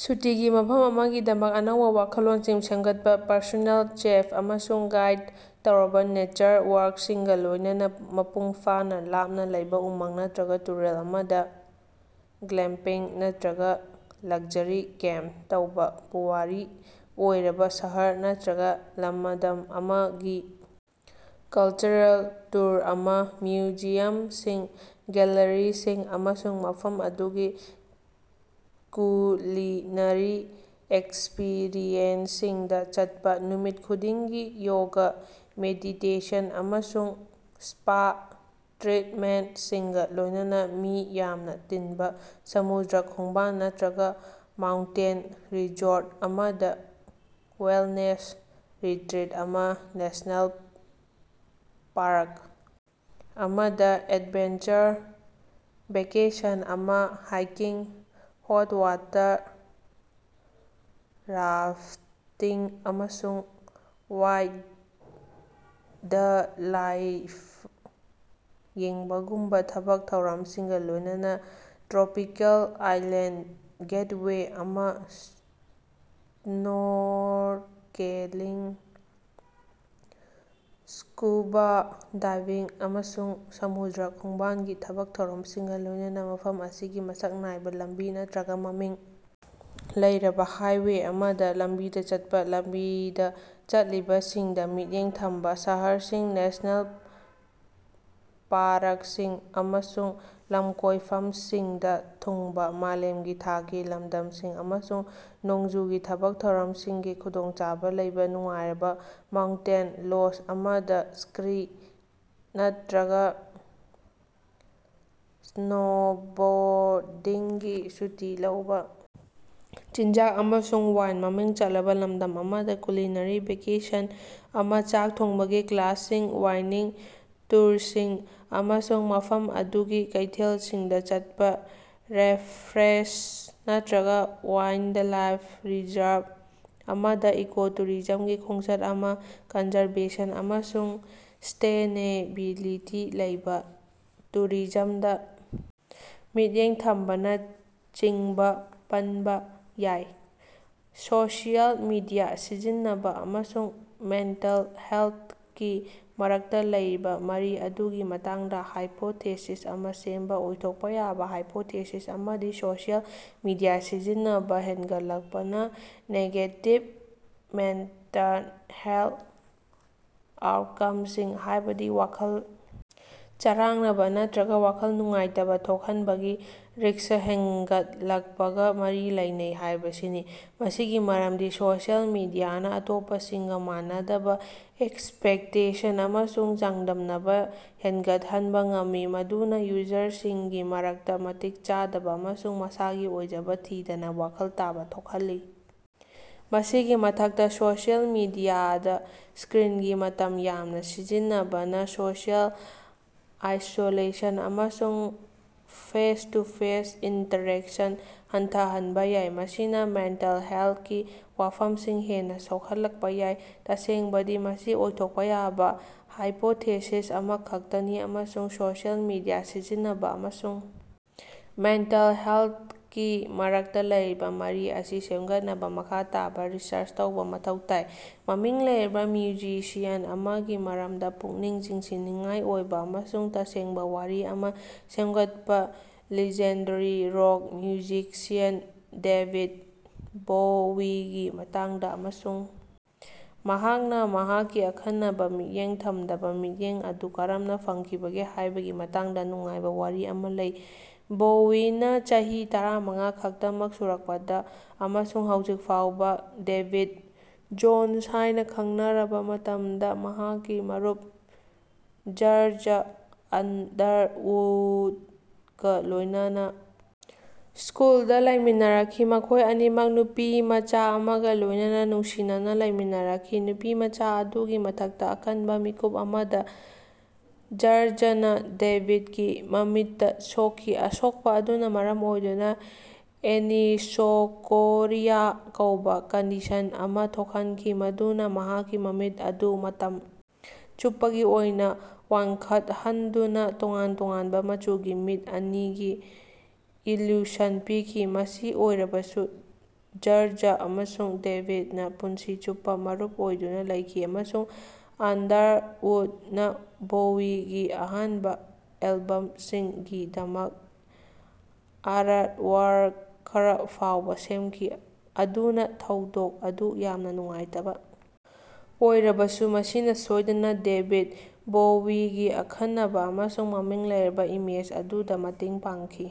ꯁꯨꯇꯤꯒꯤ ꯃꯐꯝ ꯑꯃꯒꯤꯗꯃꯛ ꯑꯅꯧꯕ ꯋꯥꯈꯜꯂꯣꯟꯁꯤꯡ ꯁꯦꯝꯒꯠꯄ- ꯄꯔꯁꯣꯅꯦꯜ ꯆꯦꯐ ꯑꯃꯁꯨꯡ ꯒꯥꯏꯗ ꯇꯧꯔꯕ ꯅꯦꯆꯔ ꯋꯥꯛꯁꯤꯡꯒ ꯂꯣꯏꯅꯅ ꯃꯄꯨꯡ ꯐꯥꯅ ꯂꯥꯞꯅ ꯂꯩꯕ ꯎꯃꯪ ꯅꯠꯇ꯭ꯔꯒ ꯇꯨꯔꯦꯜ ꯑꯃꯗ "ꯒ꯭ꯂꯦꯝꯄꯤꯡ" ꯅꯠꯇ꯭ꯔꯒ ꯂꯛꯖꯔꯤ ꯀꯦꯝꯄ ꯇꯧꯕ; ꯄꯨꯋꯥꯔꯤ ꯑꯣꯏꯔꯕ ꯁꯍꯔ ꯅꯠꯇ꯭ꯔꯒ ꯂꯃꯗꯝ ꯑꯃꯒꯤ ꯀꯜꯆꯔꯦꯜ ꯇꯨꯔ ꯑꯃ: ꯃ꯭ꯌꯨꯖꯤꯌꯝꯁꯤꯡ, ꯒꯦꯜꯂꯔꯤꯁꯤꯡ ꯑꯃꯁꯨꯡ ꯃꯐꯝ ꯑꯗꯨꯒꯤ ꯀꯨꯂꯤꯅꯔꯤ ꯑꯦꯛꯁꯄꯤꯔꯤꯑꯦꯟꯁꯁꯤꯡꯗ ꯆꯠꯄ; ꯅꯨꯃꯤꯠ ꯈꯨꯗꯤꯡꯒꯤ ꯌꯣꯒ, ꯃꯦꯗꯤꯇꯦꯁꯟ ꯑꯃꯁꯨꯡ ꯁ꯭ꯄꯥ ꯇ꯭ꯔꯤꯠꯃꯦꯟꯇꯁꯤꯡꯒ ꯂꯣꯏꯅꯅ ꯃꯤ ꯌꯥꯝꯅ ꯇꯤꯟꯕ ꯁꯃꯨꯗ꯭ꯔ ꯈꯣꯡꯕꯥꯜ ꯅꯠꯇ꯭ꯔꯒ ꯃꯥꯎꯟꯇꯦꯟ ꯔꯤꯖꯣꯔꯠ ꯑꯃꯗ ꯋꯦꯜꯅꯦꯁ ꯔꯤꯇ꯭ꯔꯤꯠ ꯑꯃ; ꯅꯦꯁ꯭ꯅꯦꯜ ꯄꯥꯔꯛ ꯑꯃꯗ ꯑꯦꯗꯚꯦꯟꯆꯔ ꯚꯦꯀꯦꯁꯟ ꯑꯃ; ꯍꯥꯏꯀꯤꯡ, ꯍꯣꯠ-ꯋꯥꯇꯔ ꯔꯥꯐꯇꯤꯡ ꯑꯃꯁꯨꯡ ꯋꯥꯏꯜꯗꯂꯥꯏꯐ ꯌꯦꯡꯕꯒꯨꯝꯕ ꯊꯕꯛ ꯊꯧꯔꯝꯁꯤꯡꯒ ꯂꯣꯏꯅꯅ ꯇ꯭ꯔꯣꯄꯤꯀꯦꯜ ꯑꯥꯏꯂꯦꯟꯗ ꯒꯦꯠꯋꯦ ꯑꯃꯗ ꯁ꯭ꯅꯣꯔꯀꯦꯂꯤꯡ, ꯁ꯭ꯀꯨꯕꯥ ꯗꯥꯏꯚꯤꯡ ꯑꯃꯁꯨꯡ ꯁꯃꯨꯗ꯭ꯔ ꯈꯣꯡꯕꯥꯜꯒꯤ ꯊꯕꯛ ꯊꯧꯔꯝꯁꯤꯡꯒ ꯂꯣꯏꯅꯅ ꯃꯐꯝ ꯑꯁꯤꯒꯤ ꯃꯁꯛ ꯅꯥꯏꯕ ꯂꯝꯕꯤ ꯅꯠꯇ꯭ꯔꯒ ꯃꯃꯤꯡ ꯂꯩꯔꯕ ꯍꯥꯏꯋꯦ ꯑꯃꯗ ꯂꯝꯕꯤꯗ ꯆꯠꯄ, ꯂꯝꯕꯤꯗ ꯆꯠꯂꯤꯕꯁꯤꯡꯗ ꯃꯤꯠꯌꯦꯡ ꯊꯝꯕ, ꯁꯍꯔꯁꯤꯡ, ꯅꯦꯁ꯭ꯅꯦꯜ ꯄꯥꯔꯛꯁꯤꯡ ꯑꯃꯁꯨꯡ ꯂꯝꯀꯣꯏꯐꯝꯁꯤꯡꯗ ꯊꯨꯡꯕ꯫ ꯃꯥꯂꯦꯝꯒꯤ ꯊꯥꯛꯀꯤ ꯂꯝꯗꯝꯁꯤꯡ ꯑꯃꯁꯨꯡ ꯅꯣꯡꯖꯨꯒꯤ ꯊꯕꯛ ꯊꯧꯔꯝꯁꯤꯡꯒꯤ ꯈꯨꯗꯣꯡꯆꯥꯕ ꯂꯩꯕ, ꯅꯨꯡꯉꯥꯏꯔꯕ ꯃꯥꯎꯟꯇꯦꯟ ꯂꯣꯖ ꯑꯃꯗ ꯁ꯭ꯀꯤ ꯅꯠꯇ꯭ꯔꯒ ꯁ꯭ꯅꯣꯕꯣꯔꯗꯤꯡꯒꯤ ꯁꯨꯇꯤ ꯂꯧꯕ; ꯆꯤꯟꯖꯥꯛ ꯑꯃꯁꯨꯡ ꯋꯥꯏꯟ ꯃꯃꯤꯡ ꯆꯠꯂꯕ ꯂꯝꯗꯝ ꯑꯃꯗ ꯀꯨꯂꯤꯅꯔꯤ ꯚꯦꯀꯦꯁꯟ ꯑꯃ, ꯆꯥꯛ ꯊꯣꯡꯕꯒꯤ ꯀ꯭ꯂꯥꯁꯁꯤꯡ, ꯋꯥꯏꯅꯤꯡ ꯇꯨꯔꯁꯤꯡ ꯑꯃꯁꯨꯡ ꯃꯐꯝ ꯑꯗꯨꯒꯤ ꯀꯩꯊꯦꯜꯁꯤꯡꯗ ꯆꯠꯄ; ꯔꯦꯟꯐ꯭ꯔꯦꯁꯠ ꯅꯠꯇ꯭ꯔꯒ ꯋꯥꯏꯜꯗꯂꯥꯏꯐ ꯔꯤꯖꯔꯚ ꯑꯃꯗ ꯏꯀꯣ-ꯇꯨꯔꯤꯖꯝꯒꯤ ꯈꯣꯡꯆꯠ ꯑꯃ, ꯀꯟꯖꯔꯚꯦꯁꯟ ꯑꯃꯁꯨꯡ ꯁꯁꯇꯦꯅꯦꯕꯤꯂꯤꯇꯤ ꯂꯩꯕ, ꯇꯨꯔꯤꯖꯝꯗ ꯃꯤꯠꯌꯦꯡ ꯊꯝꯕꯅ ꯆꯤꯡꯕ ꯄꯟꯕ ꯌꯥꯏ꯫ ꯁꯣꯁꯤꯑꯦꯜ ꯃꯤꯗꯤꯌꯥ ꯁꯤꯖꯤꯟꯅꯕ ꯑꯃꯁꯨꯡ ꯃꯦꯟꯇꯜ ꯍꯦꯜꯊꯀꯤ ꯃꯔꯛꯇ ꯂꯩꯔꯤꯕ ꯃꯔꯤ ꯑꯗꯨꯒꯤ ꯃꯇꯥꯡꯗ ꯍꯥꯏꯄꯣꯊꯦꯁꯤꯁ ꯑꯃ ꯁꯦꯝꯕ- ꯑꯣꯏꯊꯣꯛꯄ ꯌꯥꯕ ꯍꯥꯏꯄꯣꯊꯦꯁꯤꯁ ꯑꯃꯗꯤ ꯁꯣꯁꯤꯑꯦꯜ ꯃꯤꯗꯤꯌꯥ ꯁꯤꯖꯤꯟꯅꯕ ꯍꯦꯟꯒꯠꯂꯛꯄꯅ ꯅꯦꯒꯦꯇꯤꯚ ꯃꯦꯟꯇꯜ ꯍꯦꯜꯊ ꯑꯥꯎꯠꯀꯝꯁꯤꯡ, ꯍꯥꯏꯕꯗꯤ ꯋꯥꯈꯜ ꯆꯔꯥꯡꯅꯕ ꯅꯠꯇ꯭ꯔꯒ ꯋꯥꯈꯜ ꯅꯨꯡꯉꯥꯏꯇꯕ ꯊꯣꯛꯍꯟꯕꯒꯤ ꯔꯤꯁꯛ ꯍꯦꯟꯒꯠꯂꯛꯄꯒ ꯃꯔꯤ ꯂꯩꯅꯩ ꯍꯥꯏꯕꯁꯤꯅꯤ꯫ ꯃꯁꯤꯒꯤ ꯃꯔꯝꯗꯤ ꯁꯣꯁꯤꯑꯦꯜ ꯃꯤꯗꯤꯌꯥꯅ ꯑꯇꯣꯞꯄꯁꯤꯡꯒ ꯃꯥꯟꯅꯗꯕ ꯑꯦꯛꯁꯄꯦꯛꯇꯦꯁꯟ ꯑꯃꯁꯨꯡ ꯆꯥꯡꯗꯝꯅꯕ ꯍꯦꯟꯒꯠꯍꯟꯕ ꯉꯝꯃꯤ꯫ ꯃꯗꯨꯅ ꯌꯨꯖꯔꯁꯤꯡꯒꯤ ꯃꯔꯛꯇ ꯃꯇꯤꯛ ꯆꯥꯗꯕ ꯑꯃꯁꯨꯡ ꯃꯁꯥꯒꯤ ꯑꯣꯏꯖꯕ ꯊꯤꯗꯅ ꯋꯥꯈꯜ ꯇꯥꯕ ꯊꯣꯛꯍꯜꯂꯤ꯫ ꯃꯁꯤꯒꯤ ꯃꯊꯛꯇ ꯁꯣꯁꯤꯑꯦꯜ ꯃꯤꯗꯤꯌꯥꯗ ꯁ꯭ꯀꯔꯤꯟꯒꯤ ꯃꯇꯝ ꯌꯥꯝꯅ ꯁꯤꯖꯤꯟꯅꯕꯅ ꯁꯣꯁꯤꯑꯦꯜ ꯑꯥꯏꯁꯣꯂꯦꯁꯟ ꯑꯃꯁꯨꯡ ꯐꯦꯁ-ꯇꯨ-ꯐꯦꯁ ꯏꯟꯇꯔꯦꯛꯁꯟ ꯍꯟꯊꯍꯟꯕ ꯌꯥꯏ꯫ ꯃꯁꯤꯅ ꯃꯦꯟꯇꯜ ꯍꯦꯜꯊꯀꯤ ꯋꯥꯐꯝꯁꯤꯡ ꯍꯦꯟꯅ ꯁꯣꯛꯍꯜꯂꯛꯄ ꯌꯥꯏ꯫ ꯇꯁꯦꯡꯕꯗꯤ ꯃꯁꯤ ꯑꯣꯏꯊꯣꯛꯄ ꯌꯥꯕ ꯍꯥꯏꯄꯣꯊꯦꯁꯤꯁ ꯑꯃꯈꯛꯇꯅꯤ ꯑꯃꯁꯨꯡ ꯁꯣꯁꯤꯑꯦꯜ ꯃꯤꯗꯤꯌꯥ ꯁꯤꯖꯤꯟꯅꯕ ꯑꯃꯁꯨꯡ ꯃꯦꯟꯇꯜ ꯍꯦꯜꯊꯀꯤ ꯃꯔꯛꯇ ꯂꯩꯔꯤꯕ ꯃꯔꯤ ꯑꯁꯤ ꯁꯦꯝꯒꯠꯅꯕ ꯃꯈꯥ ꯇꯥꯕ ꯔꯤꯁꯔꯆ ꯇꯧꯕ ꯃꯊꯧ ꯇꯥꯏ꯫ ꯃꯃꯤꯡ ꯂꯩꯔꯕ ꯃ꯭ꯌꯨꯖꯤꯁꯤꯌꯟ ꯑꯃꯒꯤ ꯃꯔꯝꯗ ꯄꯨꯛꯅꯤꯡ ꯆꯤꯡꯁꯤꯟꯅꯤꯡꯉꯥꯏ ꯑꯣꯏꯕ ꯑꯃꯁꯨꯡ ꯇꯁꯦꯡꯕ ꯋꯥꯔꯤ ꯑꯃ ꯁꯦꯝꯒꯠꯄ ꯂꯤꯖꯦꯟꯗꯔꯤ ꯔꯣꯛ ꯃ꯭ꯌꯨꯖꯤꯁꯤꯌꯟ ꯗꯦꯕꯤꯗ ꯕꯣꯋꯤꯒꯤ ꯃꯇꯥꯡꯗ ꯑꯃꯁꯨꯡ ꯃꯍꯥꯛꯅ ꯃꯍꯥꯛꯀꯤ ꯑꯈꯟꯅꯕ ꯃꯤꯠꯌꯦꯡ ꯊꯝꯗꯕ ꯃꯤꯠꯌꯦꯡ ꯑꯗꯨ ꯀꯔꯝꯅ ꯐꯪꯈꯤꯕꯒꯦ ꯍꯥꯏꯕꯒꯤ ꯃꯇꯥꯡꯗ ꯅꯨꯡꯉꯥꯏꯕ ꯋꯥꯔꯤ ꯑꯃ ꯂꯩ꯫ ꯕꯣꯋꯤꯅ ꯆꯍꯤ ꯇꯔꯥꯃꯉꯥ ꯈꯛꯇꯃꯛ ꯁꯨꯔꯛꯄꯗ ꯑꯃꯁꯨꯡ ꯍꯧꯖꯤꯛ ꯐꯥꯎꯕ ꯗꯦꯕꯤꯗ ꯖꯣꯟꯁ ꯍꯥꯏꯅ ꯈꯪꯅꯔꯕ ꯃꯇꯝꯗ ꯃꯍꯥꯛꯀꯤ ꯃꯔꯨꯞ ꯖꯔꯖ ꯑꯟꯗꯔꯋꯨꯗꯀ ꯂꯣꯏꯅꯅ ꯁ꯭ꯀꯨꯜꯗ ꯂꯩꯃꯤꯟꯅꯔꯛꯈꯤ꯫ ꯃꯈꯣꯏ ꯑꯅꯤꯃꯛ ꯅꯨꯄꯤꯃꯆꯥ ꯑꯃꯒ ꯂꯣꯏꯅꯅ ꯅꯨꯡꯁꯤꯅꯅ ꯂꯩꯃꯤꯟꯅꯔꯛꯈꯤ꯫ ꯅꯨꯄꯤꯃꯆꯥ ꯑꯗꯨꯒꯤ ꯃꯊꯛꯇ ꯑꯀꯟꯕ ꯃꯤꯀꯨꯞ ꯑꯃꯗ ꯖꯔꯖꯅ ꯗꯦꯕꯤꯗꯀꯤ ꯃꯃꯤꯠꯇ ꯁꯣꯛꯈꯤ꯫ ꯑꯁꯣꯛꯄ ꯑꯗꯨꯅ ꯃꯔꯝ ꯑꯣꯏꯗꯨꯅ "ꯑꯦꯅꯤꯁꯣꯀꯣꯔꯤꯌꯥ" ꯀꯧꯕ ꯀꯟꯗꯤꯁꯟ ꯑꯃ ꯊꯣꯛꯍꯟꯈꯤ꯫ ꯃꯗꯨꯅ ꯃꯍꯥꯛꯀꯤ ꯃꯃꯤꯠ ꯑꯗꯨ ꯃꯇꯝ ꯆꯨꯞꯄꯒꯤ ꯑꯣꯏꯅ ꯋꯥꯡꯈꯠꯍꯟꯗꯨꯅ ꯇꯣꯉꯥꯟ-ꯇꯣꯉꯥꯟꯕ ꯃꯆꯨꯒꯤ ꯃꯤꯠ ꯑꯅꯤꯒꯤ ꯏꯂ꯭ꯌꯨꯁꯟ ꯄꯤꯈꯤ꯫ ꯃꯁꯤ ꯑꯣꯏꯔꯕꯁꯨ ꯖꯔꯖ ꯑꯃꯁꯨꯡ ꯗꯦꯕꯤꯗꯅ ꯄꯨꯟꯁꯤ ꯆꯨꯞꯄ ꯃꯔꯨꯞ ꯑꯣꯏꯗꯨꯅ ꯂꯩꯈꯤ ꯑꯃꯁꯨꯡ ꯑꯟꯗꯔꯋꯨꯗꯅ ꯕꯣꯋꯤꯒꯤ ꯑꯍꯥꯟꯕ ꯑꯦꯜꯕꯝꯁꯤꯡꯒꯤꯗꯃꯛ ꯑꯥꯔꯠꯋꯥꯔꯛ ꯈꯔ ꯐꯥꯎꯕ ꯁꯦꯝꯈꯤ꯫ ꯑꯗꯨꯅ ꯊꯧꯗꯣꯛ ꯑꯗꯨ ꯌꯥꯝꯅ ꯅꯨꯡꯉꯥꯏꯇꯕ ꯑꯣꯏꯔꯕꯁꯨ ꯃꯁꯤꯅ ꯁꯣꯏꯗꯅ ꯗꯦꯕꯤꯗ ꯕꯣꯋꯤꯒꯤ ꯑꯈꯟꯅꯕ ꯑꯃꯁꯨꯡ ꯃꯃꯤꯡ ꯂꯩꯔꯕ ꯏꯃꯦꯖ ꯑꯗꯨꯗ ꯃꯇꯦꯡ ꯄꯥꯡꯈꯤ꯫